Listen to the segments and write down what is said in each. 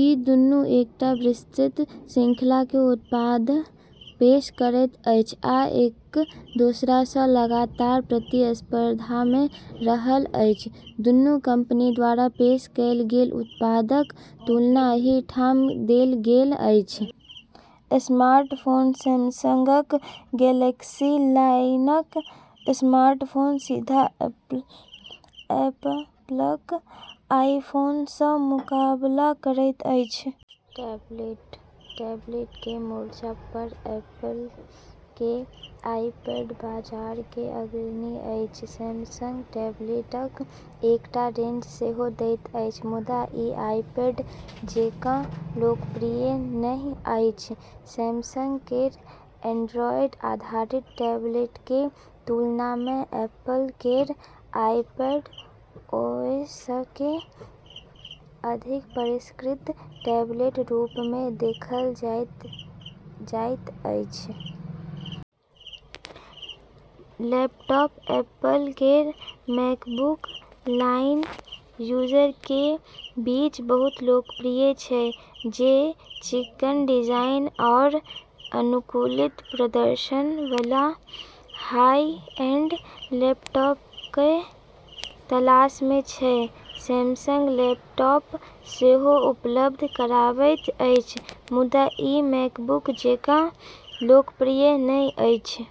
ई दुनू एकटा विस्तृत श्रृंखलाके उत्पाद पेश करैत अछि आ एक दोसरासँ लगातार प्रतिस्पर्धामे रहल अछि। दुन्नू कंपनी द्वारा पेश कएल गेल उत्पादक तुलना एहि ठाम देल गेल अछि: स्मार्टफोन: सैमसंगक गैलेक्सी लाइनक स्मार्टफोन सीधा एप्पलक आईफोनसँ मुकाबला करैत अछि। टैबलेट: टैबलेटके मोर्चा पर एप्पलके आईपैड बाजारके अग्रणी अछि। सैमसंग टैबलेटक एकटा रेंज सेहो दैत अछि, मुदा ई आईपैड जेकाँ लोकप्रिय नहि अछि। सैमसंग केर एंड्रॉयड आधारित टैबलेटके तुलनामे एप्पल केर आईपैड- ओएसके अधिक परिष्कृत टैबलेटके रूपमे देखल जाइत जाइत छै। लैपटॉप: एप्पल केर मैकबुक लाइन यूजरके बीच बहुत लोकप्रिय छै जे चिक्कन डिजाइन आओर अनुकूलित प्रदर्शनबला हाई-एंड लैपटॉपके तलाशमे छै। सैमसंग लैपटॉप सेहो उपलब्ध कराबैत अछि, मुदा ई मैकबुक जेकाँ लोकप्रिय नहि अछि।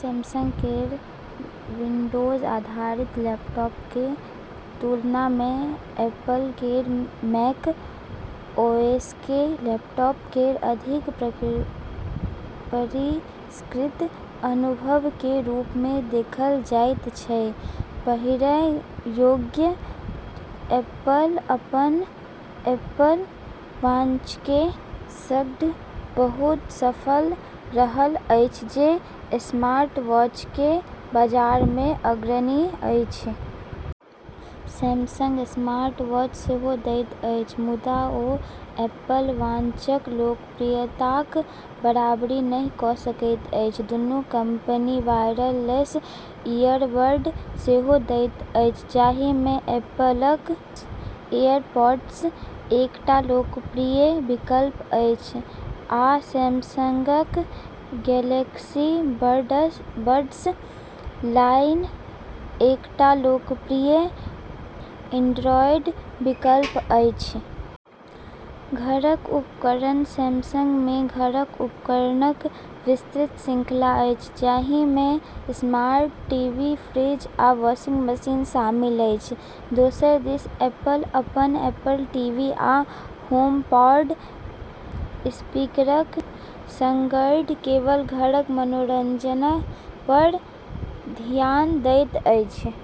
सैमसंग केर विंडोज आधारित लैपटॉपके तुलनामे एप्पल केर मैक- ओएसके लैपटॉप केर अधिक परिष्कृत अनुभवके रूपमे देखल जाइत छै। पहिरय योग्य: एप्पल अपन एप्पल वॉचके सङ्ग बहुत सफल रहल अछि जे स्मार्टवॉचके बाजारमे अग्रणी अछि। सैमसंग स्मार्टवॉच सेहो दैत अछि, मुदा ओ एप्पल वॉचक लोकप्रियताक बराबरी नहि क' सकल अछि। दुन्नू कंपनी वायरलेस इयरबड सेहो दैत अछि, जाहिमे एप्पल क' एयरपॉड्स एकटा लोकप्रिय विकल्प अछि, आ सैमसंगक गैलेक्सी बड्स लाइन एकटा लोकप्रिय एंड्रॉयड विकल्प अछि। घरक उपकरण: सैमसंगमे घरक उपकरणक विस्तृत श्रृंखला अछि, जाहिमे स्मार्ट टीवी, फ्रिज, आ वाशिंग मशीन शामिल अछि। दोसर दिस एप्पल अपन एप्पल टीवी आ होमपॉड स्पीकरक सङ्ग केवल घरक मनोरंजन पर धियान दैत अछि।